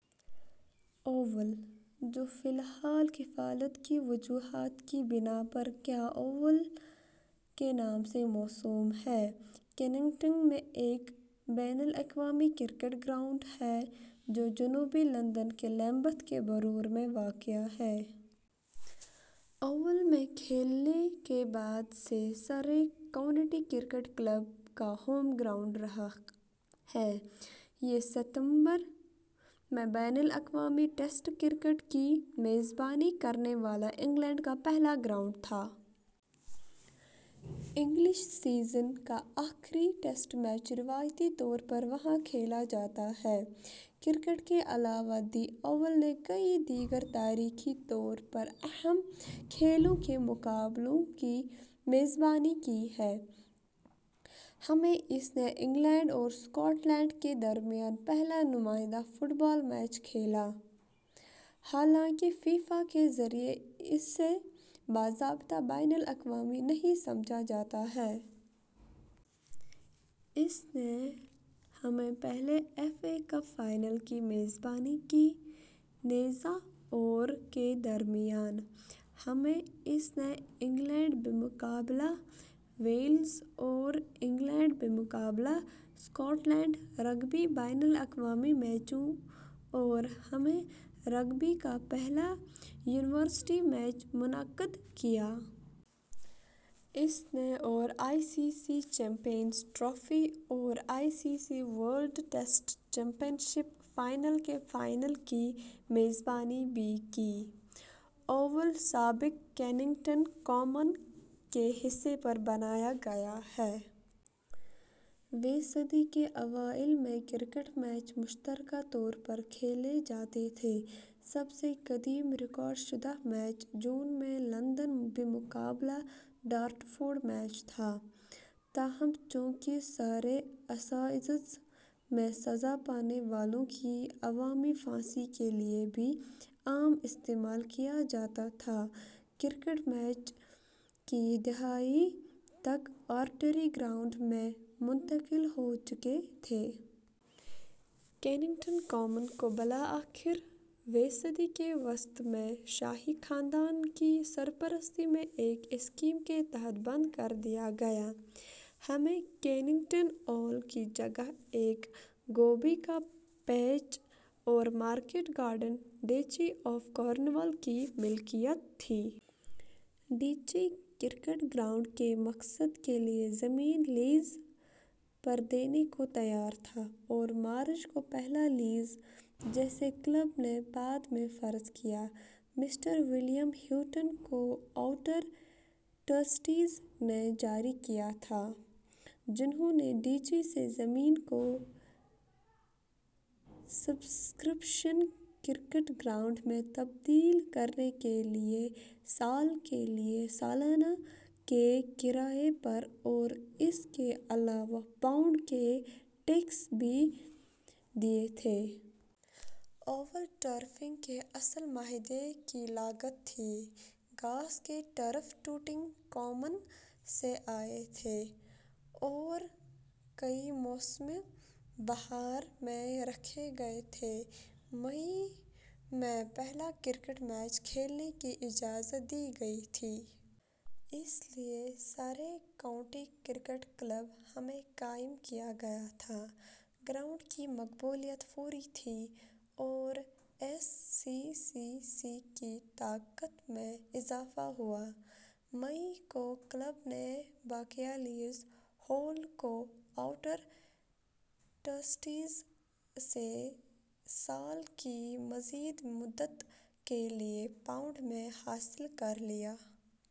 Oval, جو فی الحال کفالت کی وجوہات کی بنا پر ' کیا اوول' کے نام سے موسوم ہے، کیننگٹن میں ایک بین الاقوامی کرکٹ گراؤنڈ ہے، جو جنوبی لندن کے لیمبیتھ کے بورو میں واقع ہے۔ اوول ء میں کھلنے کے بعد سے سرے کاؤنٹی کرکٹ کلب کا ہوم گراؤنڈ رہا ہے۔ یہ ستمبر ء میں بین الاقوامی ٹیسٹ کرکٹ کی میزبانی کرنے والا انگلینڈ کا پہلا گراؤنڈ تھا۔ انگلش سیزن کا آخری ٹیسٹ میچ روایتی طور پر وہاں کھیلا جاتا ہے۔ کرکٹ کے علاوہ، دی اوول نے کئی دیگر تاریخی طور پر اہم کھیلوں کے مقابلوں کی میزبانی کی ہے۔ ء میں، اس نے انگلینڈ اور ا سکاٹ لینڈ کے درمیان پہلا نمائندہ فٹ بال میچ کھیلا، حالانکہ فیفا کے ذریعہ اسے باضابطہ بین الاقوامی نہیں سمجھا جاتا ہے۔ اس نے ء میں پہلے ایف اے کپ فائنل کی میزبانی کی، نیز ء اور ء کے درمیان۔ ء میں، اس نے انگلینڈ بمقابلہ ویلز اور انگلینڈ بمقابلا اسکاٹ لینڈ رگبی بین الاقوامی میچوں اور ء میں، رگبی کا پہلا یونیورسٹی میچ منعقد کیا۔ اس نے ء اور ء I C C champions Trophy اور ء I C C World Test Championship final کے فائنل کی میزبانی بھی کی۔ اوول سابق کیننگٹن کامن کے حصے پر بنایا گیا ہے۔ ویں صدی کے اوائل میں کرکٹ میچ مشترکہ طور پر کھیلے جاتے تھے۔ سب سے قدیم ریکارڈ شدہ میچ جون میں لندن بمقابلہ ڈارٹفورڈ میچ تھا۔ تاہم، چونکہ سرے اسائزز میں سزا پانے والوں کی عوامی پھانسی کے لیے بھی عام استعمال کیا جاتا تھا کرکٹ میچ ء کی دہائی تک آرٹلری گراؤنڈ میں منتقل ہو چکے تھے۔ کیننگٹن کامن کو بالآخر ویں صدی کے وسط میں شاہی خاندان کی سرپرستی میں ایک اسکیم کے تحت بند کر دیا گیا۔ ء میں، کیننگٹن اوول کی جگہ ایک گوبھی کا پیچ اور market garden Duchy of Cornwall کی ملکیت تھی۔ ڈچی کرکٹ گراؤنڈ کے مقصد کے لیے زمین لیز پر دینے کو تیار تھا اور مارچ کو پہلا لیز، جسے کلب نے بعد میں فرض کیا، مسٹر ولیم ہیوٹن کو اوٹر ٹرسٹیز نے جاری کیا تھا، جنھوں نے ڈچی سے زمین کو "سبسکرپشن کرکٹ گراؤنڈ میں تبدیل کرنے کے لیے"، سال کے لیے سالانہ کے کرایے پر اور اس کے علاوہ پاؤنڈ کے ٹیکس بھی دیے تھے۔ اوول ٹرفنگ کے اصل معاہدے کی لاگت تھی ، گھاس کے ٹرف ٹوٹنگ کامن سے آئے تھے اور ء کے موسم بہار میں رکھے گئے تھے مئی میں پہلا کرکٹ میچ کھیلنے کی اجازت دی گئی تھی۔ اس لیے، سرے کاؤنٹی کرکٹ کلب ء میں قائم کیا گیا تھا۔ ۔ گراؤنڈ کی مقبولیت فوری تھی اور ایس سی سی سی کی طاقت میں اضافہ ہوا۔ مئی ء کو کلب نے بقیہ لیز ہولڈ کو اوٹر ٹرسٹیز سے سال کی مزید مدت کے لیے پاؤنڈ میں حاصل کر لیا۔